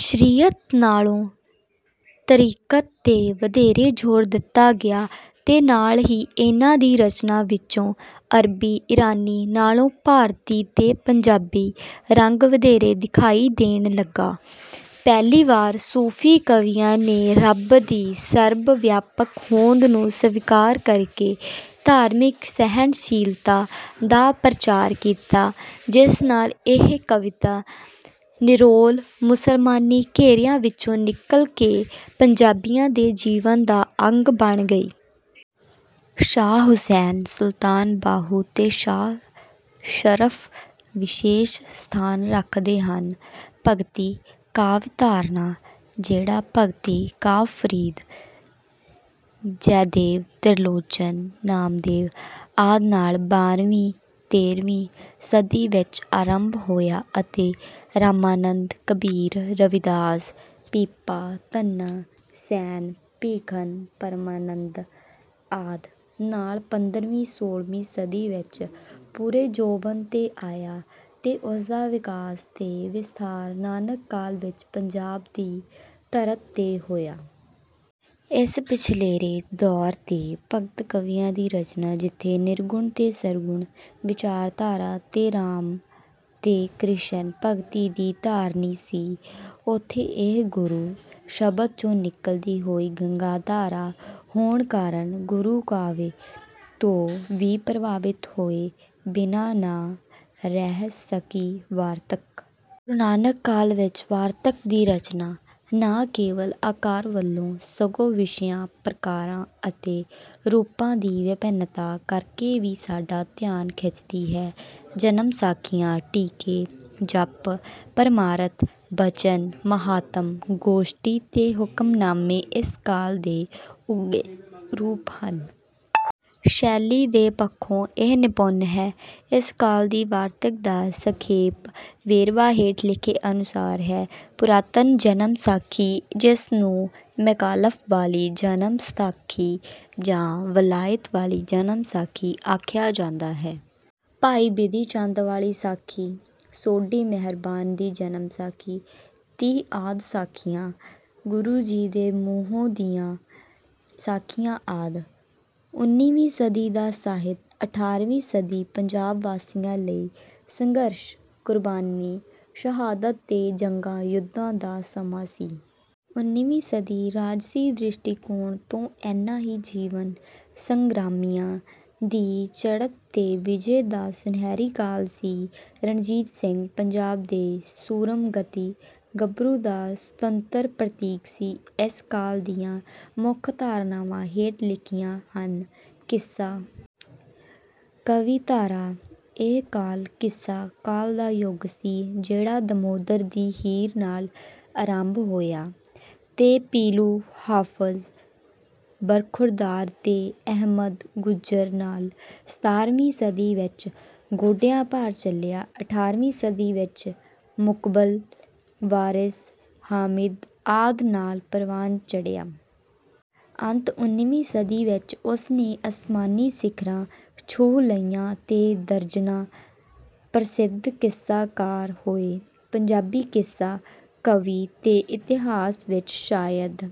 ਸ਼ਰੀਅਤ ਨਾਲੋਂ ਤਰੀਕਤ 'ਤੇ ਵਧੇਰੇ ਜ਼ੋਰ ਦਿੱਤਾ ਗਿਆ ਤੇ ਨਾਲ ਹੀ ਇਨ੍ਹਾਂ ਦੀ ਰਚਨਾ ਵਿੱਚੋਂ ਅਰਬੀ-ਈਰਾਨੀ ਨਾਲੋਂ ਭਾਰਤੀ ਤੇ ਪੰਜਾਬੀ ਰੰਗ ਵਧੇਰੇ ਦਿਖਾਈ ਦੇਣ ਲੱਗਾ। ਪਹਿਲੀ ਵਾਰ ਸੂਫ਼ੀ ਕਵੀਆਂ ਨੇ ਰੱਬ ਦੀ ਸਰਬ-ਵਿਆਪਕ ਹੋਂਦ ਨੂੰ ਸਵੀਕਾਰ ਕਰਕੇ ਧਾਰਮਿਕ ਸਹਿਣ-ਸ਼ੀਲਤਾ ਦਾ ਪ੍ਰਚਾਰ ਕੀਤਾ, ਜਿਸ ਨਾਲ ਇਹ ਕਵਿਤਾ ਨਿਰੋਲ ਮੁਸਲਮਾਨੀ ਘੇਰਿਆਂ ਵਿੱਚੋਂ ਨਿਕਲ ਕੇ ਪੰਜਾਬੀਆਂ ਦੇ ਜੀਵਨ ਦਾ ਅੰਗ ਬਣ ਗਈ। ਸ਼ਾਹ ਹੁਸੈਨ, ਸੁਲਤਾਨ ਬਾਹੂ ਤੇ ਸ਼ਾਹ ਸ਼ਰਫ਼ ਵਿਸ਼ੇਸ਼ ਸਥਾਨ ਰੱਖਦੇ ਹਨ। ਭਗਤੀ ਕਾਵਿ ਧਾਰਾ: ਜਿਹੜਾ ਭਗਤੀ ਕਾਵਿ ਫਰੀਦ, ਜੈਦੇਵ, ਤ੍ਰਿਲੋਚਨ, ਨਾਮਦੇਵ ਆਦਿ ਨਾਲ ਬਾਰ੍ਹਵੀਂ-ਤੇਰ੍ਹਵੀਂ ਸਦੀ ਵਿੱਚ ਆਰੰਭ ਹੋਇਆ ਅਤੇ ਰਾਮਾਨੰਦ, ਕਬੀਰ, ਰਵਿਦਾਸ, ਪੀਪਾ, ਧੰਨਾ, ਸੈਣ, ਭੀਖਨ, ਪਰਮਾਨੰਦ ਆਦਿ ਨਾਲ ਪੰਦਰਵੀਂ-ਸੋਲ੍ਹਵੀਂ ਸਦੀ ਵਿੱਚ ਪੂਰੇ ਜੋਬਨ 'ਤੇ ਆਇਆ, ਤੇ ਉਸ ਦਾ ਵਿਕਾਸ ਤੇ ਵਿਸਥਾਰ ਨਾਨਕ ਕਾਲ ਵਿੱਚ ਪੰਜਾਬ ਦੀ ਧਰਤ 'ਤੇ ਹੋਇਆ। ਇਸ ਪਿਛਲੇਰੇ ਦੌਰ ਦੇ ਭਗਤ ਕਵੀਆਂ ਦੀ ਰਚਨਾ ਜਿੱਥੇ ਨਿਰਗੁਣ ਤੇ ਸਰਗੁਣ ਵਿਚਾਰਧਾਰਾ ਤੇ ਰਾਮ ਤੇ ਕ੍ਰਿਸ਼ਨ ਭਗਤੀ ਦੀ ਧਾਰਨੀ ਸੀ, ਉੱਥੇ ਇਹ ਗੁਰੂ ਸ਼ਬਦ ਚੋਂ ਨਿਕਲਦੀ ਹੋਈ ਗੰਗਾਧਾਰਾ ਹੋਣ ਕਾਰਨ, ਗੁਰੂ ਕਾਵਿ ਤੋਂ ਵੀ ਪ੍ਰਭਾਵਿਤ ਹੋਏ ਬਿਨਾਂ ਨਾ ਰਹਿ ਸਕੀ। ਵਾਰਤਕ: ਗੁਰੂ ਨਾਨਕ ਕਾਲ ਵਿੱਚ ਵਾਰਤਕ ਦੀ ਰਚਨਾ ਨਾ ਕੇਵਲ ਆਕਾਰ ਵੱਲੋਂ ਸਗੋਂ ਵਿਸ਼ਿਆਂ, ਪ੍ਰਕਾਰਾਂ ਅਤੇ ਰੂਪਾਂ ਦੀ ਵਿਭਿੰਨਤਾ ਕਰਕੇ ਵੀ ਸਾਡਾ ਧਿਆਨ ਖਿੱਚਦੀ ਹੈ। ਜਨਮ ਸਾਖੀਆਂ, ਟੀਕੇ, ਜਪੁ, ਪਰਮਾਰਥ, ਬਚਨ, ਮਹਾਤਮ, ਗੋਸ਼ਟੀ ਤੇ ਹੁਕਮਨਾਮੇ ਇਸ ਕਾਲ ਦੇ ਉੱਘੇ ਰੂਪ ਹਨ। ਸ਼ੈਲੀ ਦੇ ਪੱਖੋਂ ਇਹ ਨਿਪੁੰਨ ਹੈ। ਇਸ ਕਾਲ ਦੀ ਵਾਰਤਕ ਦਾ ਸੰਖੇਪ ਵੇਰਵਾ ਹੇਠ ਲਿਖੇ ਅਨੁਸਾਰ ਹੈ: ਪੁਰਾਤਨ ਜਨਮ ਸਾਖੀ, ਜਿਸ ਨੂੰ ਮੈਕਾਲਫ਼ ਵਾਲੀ ਜਨਮ ਸਾਖੀ ਜਾਂ ਵਲਾਇਤ ਵਾਲੀ ਜਨਮ ਸਾਖੀ ਆਖਿਆ ਜਾਂਦਾ ਹੈ। ਭਾਈ ਬਿਧੀ ਚੰਦ ਵਾਲੀ ਸਾਖੀ। ਸੋਢੀ ਮਿਹਰਬਾਨ ਦੀ ਜਨਮ ਸਾਖੀ। ਤੀਹ ਆਦਿ ਸਾਖੀਆਂ। ਗੁਰੂ ਜੀ ਦੇ ਮੂੰਹੋਂ ਦੀਆਂ ਸਾਖੀਆਂ ਆਦਿ। ਉਨੀਵੀਂ ਸਦੀ ਦਾ ਸਾਹਿਤ: ਅਠਾਰ੍ਹਵੀਂ ਸਦੀ ਪੰਜਾਬ ਵਾਸੀਆਂ ਲਈ ਸੰਘਰਸ਼, ਕੁਰਬਾਨੀ, ਸ਼ਹਾਦਤ ਤੇ ਜੰਗਾਂ-ਯੁੱਧਾਂ ਦਾ ਸਮਾਂ ਸੀ। ਉਨੀਵੀਂ ਸਦੀ ਰਾਜਸੀ ਦ੍ਰਿਸ਼ਟੀਕੋਣ ਤੋਂ ਇਨ੍ਹਾਂ ਹੀ ਜੀਵਨ-ਸੰਗ੍ਰਾਮੀਆਂ ਦੀ ਚੜ੍ਹਤ ਤੇ ਵਿਜੈ ਦਾ ਸੁਨਹਿਰੀ ਕਾਲ ਸੀ। ਰਣਜੀਤ ਸਿੰਘ ਪੰਜਾਬ ਦੇ ਸੂਰਮਗਤੀ ਗੱਭਰੂ ਦਾ ਸਤੁੰਤਰ ਪ੍ਰਤੀਕ ਸੀ। ਇਸ ਕਾਲ ਦੀਆਂ ਮੁੱਖ ਧਾਰਾਵਾਂ ਹੇਠ ਲਿਖੀਆਂ ਹਨ। ਕਿੱਸਾ ਕਾਵਿ ਧਾਰਾ: ਇਹ ਕਾਲ ਕਿੱਸਾ ਕਾਲ ਦਾ ਯੁੱਗ ਸੀ। ਜਿਹੜਾ ਦਮੋਦਰ ਦੀ ਹੀਰ ਨਾਲ ਆਰੰਭ ਹੋਇਆ ਤੇ ਪੀਲੂ, ਹਾਫ਼ਜ਼ ਬਰਖ਼ੁਰਦਾਰ ਤੇ ਅਹਿਮਦ ਗੁੱਜਰ ਨਾਲ ਸਤਾਰ੍ਹਵੀਂ ਸਦੀ ਵਿੱਚ ਗੋਡਿਆਂ-ਭਾਰ ਚੱਲਿਆ। ਅਠਾਰ੍ਹਵੀਂ ਸਦੀ ਵਿੱਚ ਮੁਕਬਲ, ਵਾਰਿਸ, ਹਾਮਿਦ ਆਦਿ ਨਾਲ ਪਰਵਾਨ ਚੜ੍ਹਿਆ। ਅੰਤ ਉਨੀਵੀਂ ਸਦੀ ਵਿੱਚ ਉਸ ਨੇ ਅਸਮਾਨੀ ਸਿਖਰਾਂ ਛੁਹ ਲਈਆਂ ਤੇ ਦਰਜਨਾਂ ਪ੍ਰਸਿੱਧ ਕਿੱਸਾ-ਕਾਰ ਹੋਏ। ਪੰਜਾਬੀ ਕਿੱਸਾ ਕਾਵਿ ਦੇ ਇਤਿਹਾਸ ਵਿੱਚ ਸ਼ਾਇਦ